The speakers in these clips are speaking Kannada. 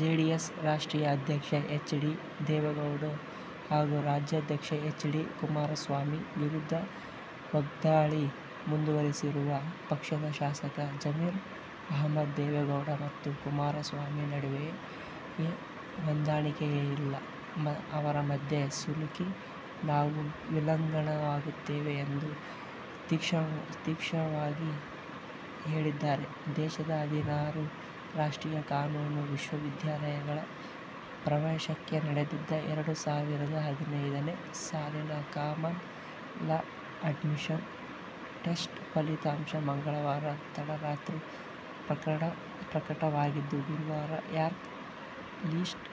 ಜೆಡಿಎಸ್ ರಾಷ್ಟ್ರೀಯ ಅಧ್ಯಕ್ಷ ಎಚ್. ಡಿ. ದೇವೇಗೌಡ ಹಾಗೂ ರಾಜ್ಯಾಧ್ಯಕ್ಷ ಎಚ್. ಡಿ. ಕುಮಾರಸ್ವಾಮಿ ವಿರುದ್ಧ ವಾಗ್ಧಾಳಿ ಮುಂದುವರಿಸಿರುವ ಪಕ್ಷದ ಶಾಸಕ ಜಮೀರ್ ಅಹಮದ್, ದೇವೇಗೌಡ ಮತ್ತು ಕುಮಾರಸ್ವಾಮಿ ನಡುವೆಯೇ ಹೊಂದಾಣಿಕೆಯಿಲ್ಲ. ಅವರ ಮಧ್ಯೆ ಸಿಲುಕಿ ನಾವು ವಿಲನ್ಗಳಾಗುತ್ತಿದ್ದೇವೆ ಎಂದು ತೀಕ್ಷ್ಣವಾಗಿ ಹೇಳಿದ್ದಾರೆ. ದೇಶದ ಹದಿನಾರು ರಾಷ್ಟ್ರೀಯ ಕಾನೂನು ವಿಶ್ವವಿದ್ಯಾಲಯಗಳ ಪ್ರವೇಶಕ್ಕೆ ನಡೆದಿದ್ದ ಎರಡು ಸಾವಿರದ ಹದಿನೈದನೇ ಸಾಲಿನ ಕಾಮನ್ ಲಾ ಅಡ್ಮಿಷನ್ ಟೆಸ್ಟ್ ಫಲಿತಾಂಶ ಮಂಗಳವಾರ ತಡರಾತ್ರಿ ಪ್ರಟಕವಾಗಿದ್ದು, ಗುರುವಾರ ರ್ಯಾಂಕ್ ಲಿಸ್ಟ್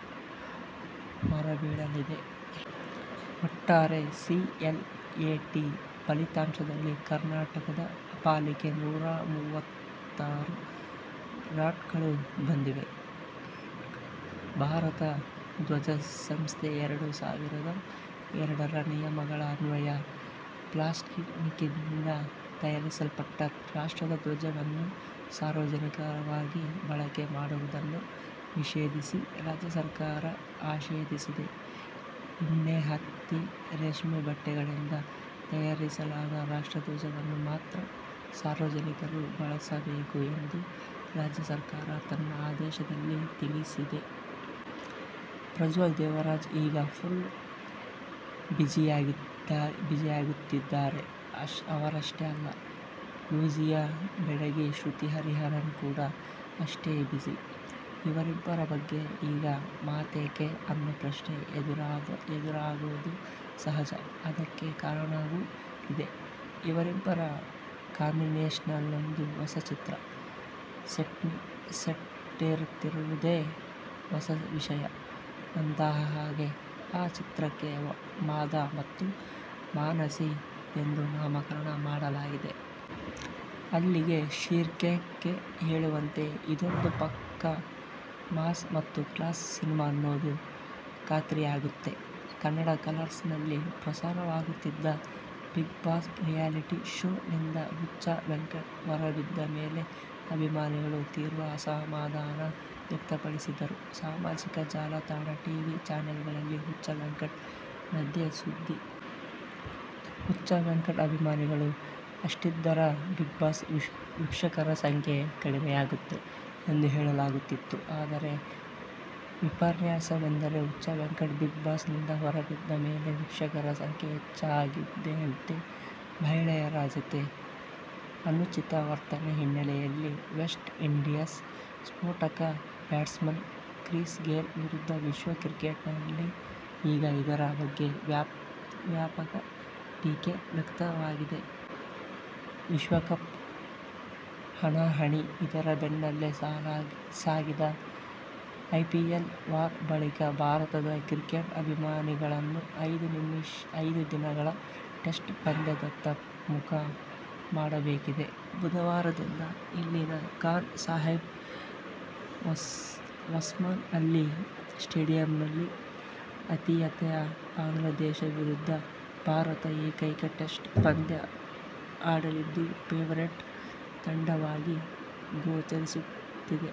ಹೊರಬೀಳಲಿದೆ. ಒಟ್ಟಾರೆ ಸಿಎಲ್ಎಟಿ ಫಲಿತಾಂಶದಲ್ಲಿ ಕರ್ನಾ ಟಕದ ಪಾಲಿಗೆ ನೂರ ಮೂವತ್ತಾರು ರಾಂಕ್ಗಳು ಬಂದಿವೆ. ಭಾರತ ಧ್ವಜ ಸಂಹಿತೆ-ಎರಡು ಸಾವಿರದ ಎರಡರ ನಿಯಮಗಳ ಅನ್ವಯ ಪ್ಲಾಸ್ಟಿಕ್ನಿಂದ ತಯಾರಿಸಲ್ಪಟ್ಟ ರಾಷ್ಟ್ರದ ಧ್ವಜವನ್ನು ಸಾರ್ವಜನಿಕವಾಗಿ ಬಳಕೆ ಮಾಡುವುದನ್ನು ನಿಷೇಧಿಸಿ ರಾಜ್ಯ ಸರ್ಕಾರ ಆದೇಶಿಸಿದೆ. ಉಣ್ಣೆ, ಹತ್ತಿ, ರೇಷ್ಮೆ ಬಟ್ಟೆಗಳಿಂದ ತಯಾರಿಸಲಾದ ರಾಷ್ಟ್ರಧ್ವಜವನ್ನು ಮಾತ್ರ ಸಾರ್ವಜನಿಕರು ಬಳಸಬೇಕು ಎಂದು ರಾಜ್ಯ ಸರ್ಕಾರ ತನ್ನ ಆದೇಶದಲ್ಲಿ ತಿಳಿಸಿದೆ. ಪ್ರಜ್ವಲ್ ದೇವರಾಜ್ ಈಗ ಫುಲ್ ಬಿಝಿಯಾಗುತ್ತಿದ್ದಾರೆ. ಅವರಷ್ಟೇ ಅಲ್ಲ, ಲೂಸಿಯಾ ಬೆಡಗಿ ಶ್ರುತಿ ಹರಿಹರನ್ ಕೂಡ ಅಷ್ಟೇ ಬಿಝಿ. ಇವರಿಬ್ಬರ ಬಗ್ಗೆ ಈಗ ಮಾತೇಕೆ ಅನ್ನೋ ಪ್ರಶ್ನೆ ಎದುರಾಗೋದು ಸಹಜ. ಅದಕ್ಕೆ ಕಾರಣವೂ ಇದೆ. ಇವರಿಬ್ಬರ ಕಾಂಬಿನೇಷನ್ನಲ್ಲೊಂದು ಹೊಸ ಚಿತ್ರ ಸೆಟ್ಟೇರುತ್ತಿರೋದೇ ಹೊಸ ವಿಷಯ. ಅಂದಹಾಗೆ, ಆ ಚಿತ್ರಕ್ಕೆ ಮಾದ ಮತ್ತು ಮಾನಸಿ ಎಂದು ನಾಮಕರಣ ಮಾಡಲಾಗಿದೆ. ಅಲ್ಲಿಗೆ ಶೀರ್ಷಿಕೆ ಹೇಳುವಂತೆ, ಇದೊಂದು ಪಕ್ಕಾ ಮಾಸ್ ಮತ್ತು ಕ್ಲಾಸ್ ಸಿನಿಮಾ ಅನ್ನೋದು ಖಾತ್ರಿಯಾಗುತ್ತೆ. ಕನ್ನಡ ಕಲರ್ಸ್ ನಲ್ಲಿ ಪ್ರಸಾರವಾಗುತ್ತಿದ್ದ ಬಿಗ್ ಬಾಸ್ ರಿಯಾಲಿಟಿ ಶೋನಿಂದ ಹುಚ್ಚ ವೆಂಕಟ್ ಹೊರಬಿದ್ದ ಮೇಲೆ ಅಭಿಮಾನಿಗಳು ತೀವ್ರ ಅಸಮಾಧಾನ ವ್ಯಕ್ತಪಡಿಸಿದ್ದರು. ಸಾಮಾಜಿಕ ಜಾಲತಾಣ, ಟಿವಿ ಚಾನೆಲ್ ಗಳಲ್ಲಿ ಹುಚ್ಚ ವೆಂಕಟ್ ನದ್ದೇ ಸುದ್ದಿ. ಹುಚ್ಚ ವೆಂಕಟ್ ಅಭಿಮಾನಿಗಳು ಅಷ್ಟಿದ್ದಾರಾ ಬಿಗ್ ಬಾಸ್ ವೀಕ್ಷಕರ ಸಂಖ್ಯೆ ಕಡಿಮೆಯಾಗುತ್ತೆ ಎಂದು ಹೇಳಲಾಗುತ್ತಿತ್ತು. ಆದರೆ ವಿಪರ್ಯಾಸವೆಂದರೆ ಹುಚ್ಚ ವೆಂಕಟ್ ಬಿಗ್ ಬಾಸ್ ನಿಂದ ಹೊರಬಿದ್ದ ಮೇಲೆ ವೀಕ್ಷಕರ ಸಂಖ್ಯೆ ಹೆಚ್ಚಾಗಿದೆಯಂತೆ. ಮಹಿಳೆಯರ ಜತೆ ಅನುಚಿತ ವರ್ತನೆ ಹಿನ್ನೆಲೆಯಲ್ಲಿ ವೆಸ್ಟ್ ಇಂಡೀಸ್ ಸ್ಫೋಟಕ ಬ್ಯಾಟ್ಸ್ಮನ್ ಕ್ರಿಸ್ ಗೇಲ್ ವಿರುದ್ಧ ವಿಶ್ವ ಕ್ರಿಕೆಟಿನಲ್ಲಿ ಈಗ ಇದರ ಬಗ್ಗೆ ವ್ಯಾಪಕ ಟೀಕೆ ವ್ಯಕ್ತವಾಗಿದೆ. ವಿಶ್ವಕಪ್ ಹಣಾಹಣಿ, ಇದರ ಬೆನ್ನಲ್ಲೇ ಸಾಗಿದ ಐಪಿಎಲ್ ವಾರ್ ಬಳಿಕ ಭಾರತದ ಕ್ರಿಕೆಟ್ ಅಭಿಮಾನಿಗಳನ್ನು ಐದು ದಿನಗಳ ಟೆಸ್ಟ್ ಪಂದ್ಯದತ್ತ ಮುಖ ಮಾಡಬೇಕಿದೆ. ಬುಧವಾರದಿಂದ ಇಲ್ಲಿನ ಖಾನ್ ಸಾಹೇಬ್ ಒಸ್ಮಾನ್ ಅಲಿ ಸ್ಟೇಡಿಯಂನಲ್ಲಿ ಆತಿಥೇಯ ಬಾಂಗ್ಲಾದೇಶ ವಿರುದ್ಧ ಭಾರತ ಏಕೈಕ ಟೆಸ್ಟ್ ಪಂದ್ಯ ಆಡಲಿದ್ದು, ಫೇವರಿಟ್ ತಂಡವಾಗಿ ಗೋಚರಿಸುತ್ತಿದೆ.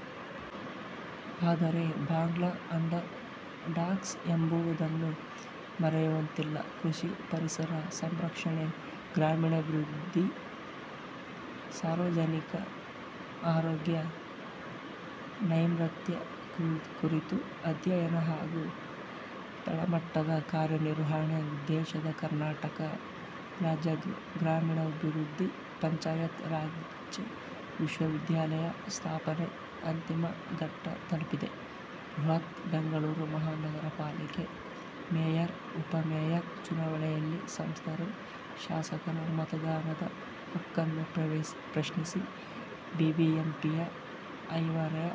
ಆದರೆ ಬಾಂಗ್ಲಾ ಅಂಡರ್ ಡಾಗ್ಸ್ ಎಂಬುದನ್ನು ಮರೆಯುವಂತಿಲ್ಲ ಕೃಷಿ, ಪರಿಸರ ಸಂರಕ್ಷಣೆ, ಗ್ರಾಮೀಣಾಭಿವೃದ್ಧಿ, ಸಾರ್ವಜನಿಕ ಆರೋಗ್ಯ, ನೈರ್ಮಲ್ಯ ಕುರಿತು ಅಧ್ಯಯನ ಹಾಗೂ ತಳಮಟ್ಟದ ಕಾರ್ಯನಿರ್ವಹಣೆ ಉದ್ದೇಶದ ಕರ್ನಾಟಕ ರಾಜ್ಯ ಗ್ರಾಮೀಣಾಭಿವೃದ್ಧಿ ಪಂಚಾಯತ್ ರಾಜ್ ವಿಶ್ವವಿದ್ಯಾಲಯ' ಸ್ಥಾಪನೆ ಅಂತಿಮ ಘಟ್ಟ ತಲುಪಿದೆ. ಬೃಹತ್ ಬೆಂಗಳೂರು ಮಹಾನಗರ ಪಾಲಿಕೆಯ ಮೇಯರ್, ಉಪಮೇಯರ್ ಚುನಾವಣೆಯಲ್ಲಿ ಸಂಸದರು, ಶಾಸಕರ ಮತದಾನದ ಹಕ್ಕನ್ನು ಪ್ರಶ್ನಿಸಿ ಬಿಬಿಎಂಪಿಯ ಐವರಯ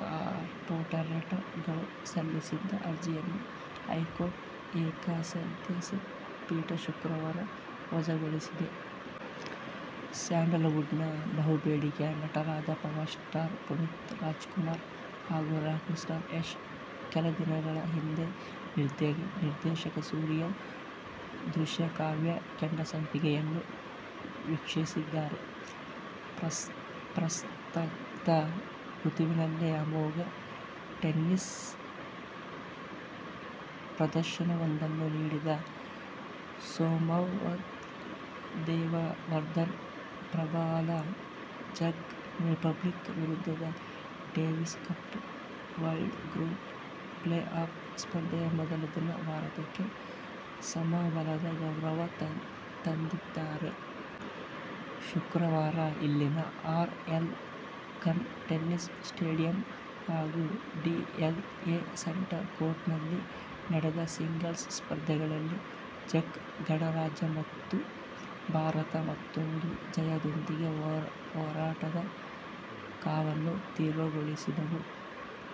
ಕಾರ್ಪೋರೇಟರ್ ಗಳು ಸಲ್ಲಿಸಿದ್ದ ಅರ್ಜಿಯನ್ನು ಹೈಕೋರ್ಟ್ ಏಕಸದಸ್ಯ ಪೀಠ ಶುಕ್ರವಾರ ವಜಾಗೊಳಿಸಿದೆ. ಸ್ಯಾಂಡಲ್ ವುಡ್'ನ ಬಹುಬೇಡಿಕೆಯ ನಟರಾದ ಪವರ್ ಸ್ಟಾರ್ ಪುನೀತ್ ರಾಜ್ ಕುಮಾರ್ ಹಾಗೂ ರಾಕಿಂಗ್ ಸ್ಟಾರ್ ಯಶ್ ಕೆಲದಿನಗಳ ಹಿಂದೆ ನಿರ್ದೇಶಕ ಸೂರಿಯ ದೃಶ್ಯಕಾವ್ಯ ಕೆಂಡಸಂಪಿಗೆಯನ್ನು ವೀಕ್ಷಿಸಿದ್ದಾರೆ. ಪ್ರಸಕ್ತ ಋತುವಿನಲ್ಲೇ ಅಮೋಘ ಟೆನ್ನಿಸ್ ಪ್ರದರ್ಶನವೊಂದನ್ನು ನೀಡಿದ ಸೋಮ್ದೇವ್ ದೇವವರ್ಮನ್ ಪ್ರಬಲ ಜೆಕ್ ರಿಪಬ್ಲಿಕ್ ವಿರುದ್ಧದ Davis Cup World Group playoff ಸ್ಪರ್ಧೆಯ ಮೊದಲ ದಿನ ಭಾರತಕ್ಕೆ ಸಮಬಲದ ಗೌರವ ತಂದಿತ್ತಿದ್ದಾರೆ. ಶುಕ್ರವಾರ ಇಲ್ಲಿನ R. L Khanna tennis stadium ಹಾಗೂ ಡಿಎಲ್ಟಿಎ ಸೆಂಟರ್ ಕೋರ್ಟ್'ನಲ್ಲಿ ನಡೆದ ಸಿಂಗಲ್ಸ್ ಸ್ಪರ್ಧೆಗಳಲ್ಲಿ ಜೆಕ್ ಗಣರಾಜ್ಯ ಮತ್ತು ಭಾರತ ಒಂದೊಂದು ಜಯದೊಂದಿಗೆ ಹೋರಾಟದ ಕಾವನ್ನು ತೀವ್ರಗೊಳಿಸಿದವು.